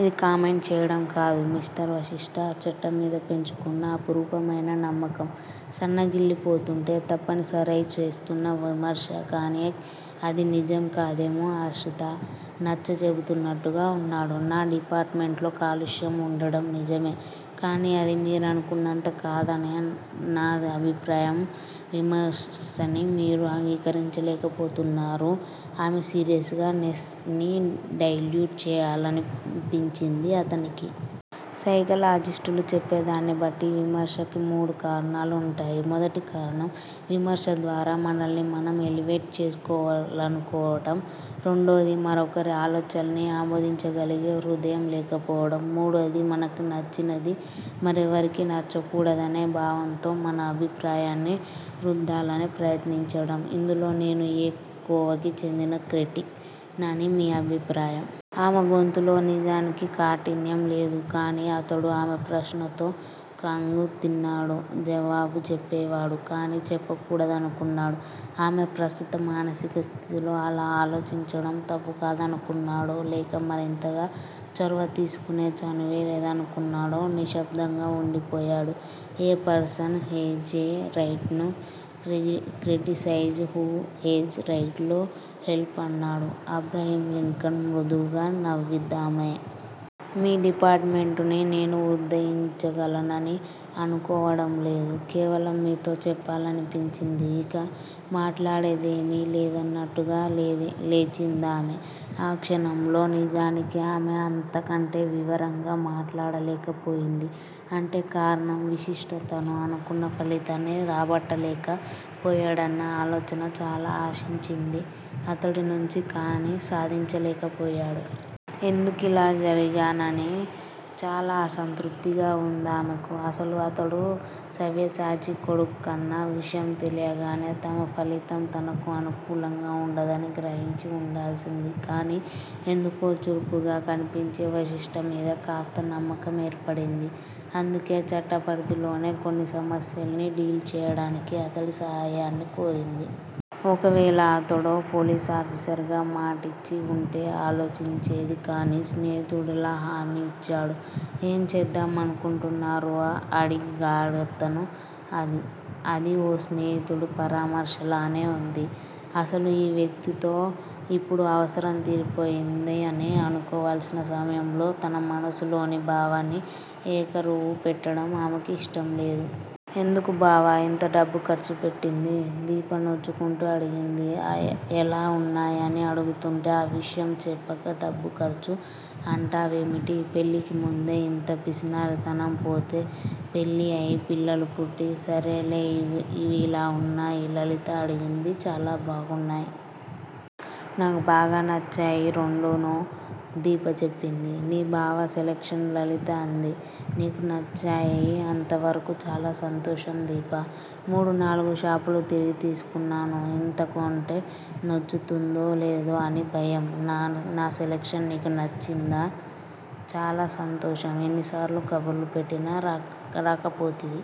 ఇది కామెంట్ చేయడం కాదు మిస్టర్ వశిష్టా! చట్టంమీద పెంచుకున్న అపురూపమైన నమ్మకం సన్నగిల్లి పోతుంటే తప్పనిసరై చేస్తున్న విమర్శ కాని అది నిజం కాదేమో ఆశ్రితా నచ్చచెబుతున్నట్టుగా అన్నాడు. నా డిపార్టుమెంటులో కాలుష్యం వుండటం నిజమే! కాని అది మీరనుకున్నంతగా కాదన్నది నా అభిప్రాయం విమర్సని మీరు అంగీకరించలేకపోతున్నారు ఆమె సీరియస్ నెస్ ని డైల్యూట్ చేయాలనిపించింది అతనికి. సైకాలజిస్టులు చెప్పేదాన్ని బట్టి విమర్శకి మూడు కారణాలు వుంటాయి. మొదటి కారణం- విమర్శ ద్వారా మనల్ని మనం ఎలివేట్ చేసుకోవాలనుకోవటం, రెండోది-మరొకరి ఆలోచనల్ని ఆమోదించగలిగే హృదయం లేకపోవడం, మూడోది- మనకి నచ్చనిది మరెవరికీ నచ్చకూడదనే భావంతో మన అభిప్రాయాన్ని రుద్దాలని ప్రయత్నించడం ఇందులో నేను ఏ కోవకి చెందిన క్రిటిక్ నని మీ అభిప్రాయం. ఆమె గొంతులో నిజానికి కాఠిన్యం లేదు. కాని అతడు ఆమె ప్రశ్నతో ఖంగుతిన్నాడు. జవాబు చెప్పేవాడే! కాని చెప్పకూడదనుకున్నాడు. ఆమె ప్రస్తుత మానసిక స్థితిలో అలా ఆలోచించడం తప్పు కాదనుకున్నాడో, లేక మరింతగా చొరవ తీసుకునే చనువే లేదనుకున్నాడో నిశ్శబ్దంగా వుండిపోయాడు. A person has right to criticise who has right to help అన్నాడు అబ్రహంలింకన్ మృదువుగా నవ్విందామె. మీ డిపార్టుమెంటుని నేను ఉద్దరించగలనని అనుకోవడంలేదు. కేవలం మీతో చెప్పాలనిపించింది. ఇక మాట్లాడేదేమీ లేదన్నట్లుగా లేచిందామె. ఆ క్షణంలో నిజానికి ఆమె అంతకంటే వివరంగా మాట్లాడలేకపోయిందీ అంటే కారణం వశిష్ట తను అనుకున్న ఫలితాన్ని రాబట్టలేక పోయాడన్న ఆలోచన చాలా ఆశించింది అతడినుంచి కాని సాధించలేకపోయాడు. ఎందుకిలా జరిగినాగాని చాలా అసంతృప్తిగా వుందామెకి. అసలు అతడు సవ్యసాచి కొడుకన్న విషయం తెలియగానే తను ఫలితం తనకు అనుకూలంగా వుండదని గ్రహించి వుండాల్సింది కాని ఎందుకో చురుకుగా కనిపించే వశిష్ట మీద కాస్త నమ్మకం ఏర్పడింది. అందుకే చట్టపరిధిలోనే కొన్ని సమస్యల్ని డీల్ చేయడానికి అతడి సహాయాన్ని కోరింది. ఒకవేళ అతడో పోలీసాఫీసర్ గా మాటిచ్చి వుంటే ఆలోచించేది కాని స్నేహితుడిలా హామీ యిచ్చాడు. ఏం చేద్దామనుకుంటున్నారు? అడిగాడతను. అదీ ఓ స్నేహితుడి పరామర్శలానే వుంది. అసలు ఈ వ్యక్తితో ఇప్పుడు అవసరం తీరిపోయిందని అనుకోవాల్సిన సమయంలో తన మనసులోని భావాన్ని ఏకరువు పెట్టడం ఆమెకీ ఇష్టంలేదు. ఎందుకు బావా యింత డబ్బు ఖర్చుపెట్టింది. దీప నొచ్చుకుంటూ అడిగింది. ఎలా వున్నాయని అడుగుతుంటే ఆ విషయం చెప్పక డబ్బు ఖర్చు అంటావేమిటి. పెళ్ళికి ముందే ఇంత పిసినారితనం పోతే పెళ్ళి అయి పిల్లలు పుట్టి సరేలే ఇవి ఎలా వున్నాయి లలిత అడిగింది. చాలా బాగున్నాయి. నాకు బాగా నచ్చాయి రెండూను దీప చెప్పింది. మీ బావ సెలక్షను లలిత అంది. నీకు నచ్చాయి అంతవరకూ చాలా సంతోషం దీపా! మూడునాలుగు షాపులు తిరిగి తీసుకున్నాను. ఇంతాకొంటే నచ్చుతుందో లేదో అని భయం. నా సెలక్షన్ నీకు నచ్చింది చాలా సంతోషం ఎన్నిసార్లు కబురు పెట్టినా రాకపోతివి.